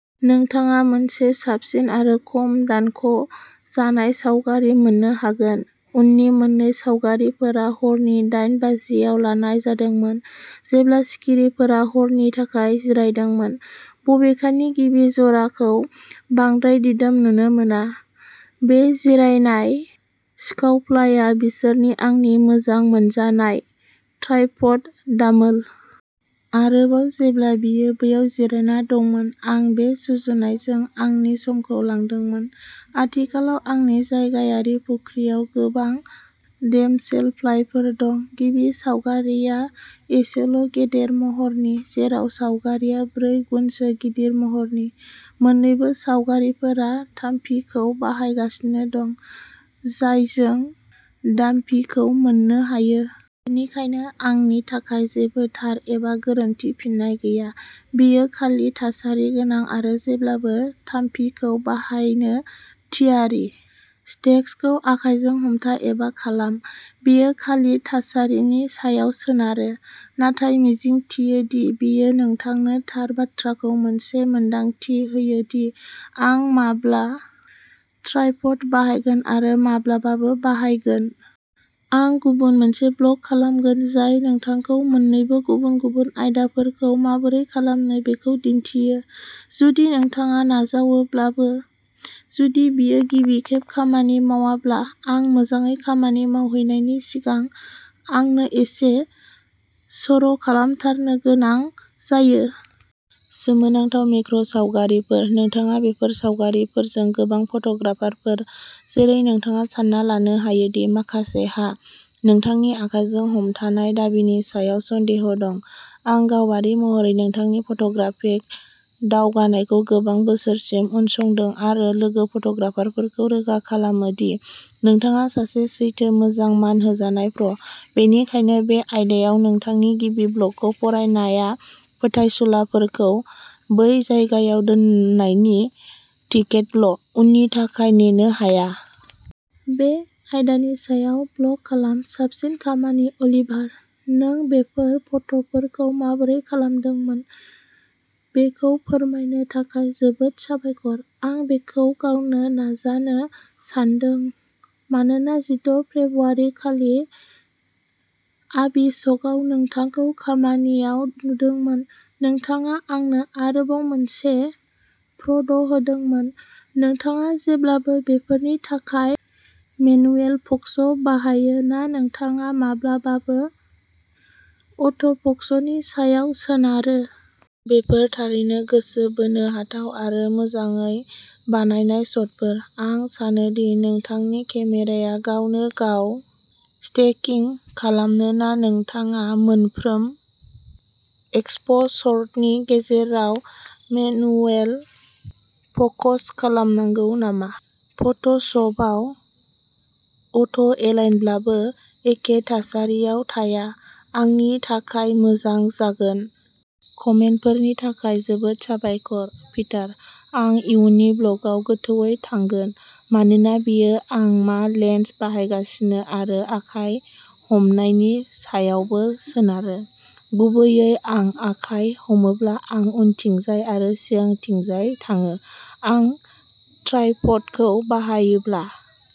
नोंथाङा मोनसे साबसिन आरो खम दानख' जानाय सावगारि मोननो हागोन। उननि मोन्नै सावगारिफोरा हरनि दाइन बाजिआव लानाय जादोंमोन जेब्ला सिखिरिफोरा हरनि थाखाय जिरायदोंमोन। बबेखानि गिबि जराखौ बांद्राय दिदोम नुनो मोना। बे जिरायनाय सिखावफ्लाइआ बोसोरनि आंनि मोजां मोनजानाय ट्राइपड दामोल। आरोबाव जेब्ला बेयो बैयाव जिरायना दंमोन, आं बे सुजुनायजों आंनि समखौ लादोंमोन। आथिखालाव आंनि जायगायारि फुख्रियाव गोबां डेमसेलफ्लाइफोर दं, गिबि सावगारिआ एसेल' गेदेर महरनि, जेराव सावगारिआ ब्रै गुनसो गिदिर महरनि। मोन्नैबो सावगारिफोरा थामफिखौ बाहायगासिनो दं, जायजों दामफिखौ मोननो हायो। बेनिखायनो आंनि थाखाय जेबो थार एबा गोरोन्थि फिननाय गैया, बेयो खालि थासारिगोनां आं जेब्लाबो थामफिखौ बाहायनो थियारि। स्टेक्सखौ आखायजों हमथा एबा खालाम बेयो खालि थासारिनि सायाव सोनारो। नाथाय मिजिंथियो दि बेयो नोंथांनो थार बाथ्राखौ मोनसे मोनदांथि होयो दि आं माब्ला ट्राइपड बाहायगोन आरो माब्लाबाबो बाहायगोन। आं गुबुन मोनसे ब्लग खालामगोन जाय नोंथांखौ मोन्नैबो गुबुन-गुबुन आदबफोरखौ माबोरै खालामो बेखौ दिन्थियो। जुदि नोंथाङा नाजावोब्लाबो, जुदि बेयो गिबि खेब खामानि मावाब्ला, आं मोजाङै खामानि मावहैनायनि सिगां आंनो एसे सर'खालामथारनो गोनां जायो। सोमोनांथाव मेक्र'सावगारिफोर, नोंथाङा बेफोर सावगारिफोरजों गोबां फट'ग्राफारफोर, जेरै नोंथाङा सानना लानो हायो दि माखासेहा नोंथांनि आखाइजों हमथानाय दाबिनि सायाव सन्देह दं, आं गावारि महरै नोंथांनि फट'ग्राफिक दावगानायखौ गोबां बोसोरसिम उनसंदों आरो लोगो फट'ग्राफारफोरखौ रोखा खालामो दि नोंथाङा सासे सैथो मोजां मान होजानाय प्र, बेनिखायनो बे आयदायाव नोंथांनि गिबि ब्लगखौ फरायनाया फोथायसुलाफोरखौ बै जायगायाव दोननायनि टिकेटल', उननि थाखाय नेनो हाया। बे आयदानि सायाव ब्लग खालाम, साबसिन खामानि अलिभार। नों बेफोर फट'फोरखौ माबोरै लादोंमोन बेखौ फोरमायनो थाखाय जोबोद साबायखर। आं बेखौ गावनो नाजानो सानदों, मानोना जिद' फेब्रुआरिखालि आबिस्क'आव नोंथांखौ खामानियाव नुदोंमोन। नोंथाङा आंनो आरोबाव मोनसे प्र'ड होदों, नोंथाङा जेब्लाबो बेफोरनि थाखाय मेनुएल फ'क्स बाहायो ना नोंथाङा माब्लाबाबो अट'फ'क्सनि सायाव सोनारो। बेफोर थारैनो गोसो बोनो हाथाव आरो मोजाङै बानायनाय शटफोर। आं सानो दि नोंथांनि केमेराया गावनो गाव स्टेकिंग खालामो ना नोंथाङा मोनफ्रोम एक्सप'सर्सनि गेजेराव मेनुएल फ'क्स खालामनांगौ नामा? फट'शपआव अट'एलाइनब्लाबो, एखे थासारियाव थानाया आंनि थाखाय मोजां जागोन। कमेन्टफोरनि थाखाय जोबोद साबायखर! पिटार, आं इयुननि ब्लगआव गोथौवै थांगोन मानोना बेयो आं मा लेन्स बाहायगासिनो आरो आखाय हमनायनि सायावबो सोनारो। गुबैयै, आं आखाय हमोब्ला आं उनथिंजाय आरो सिगांथिंजाय थाङो। आं ट्राइपडखौ बाहायोब्ला।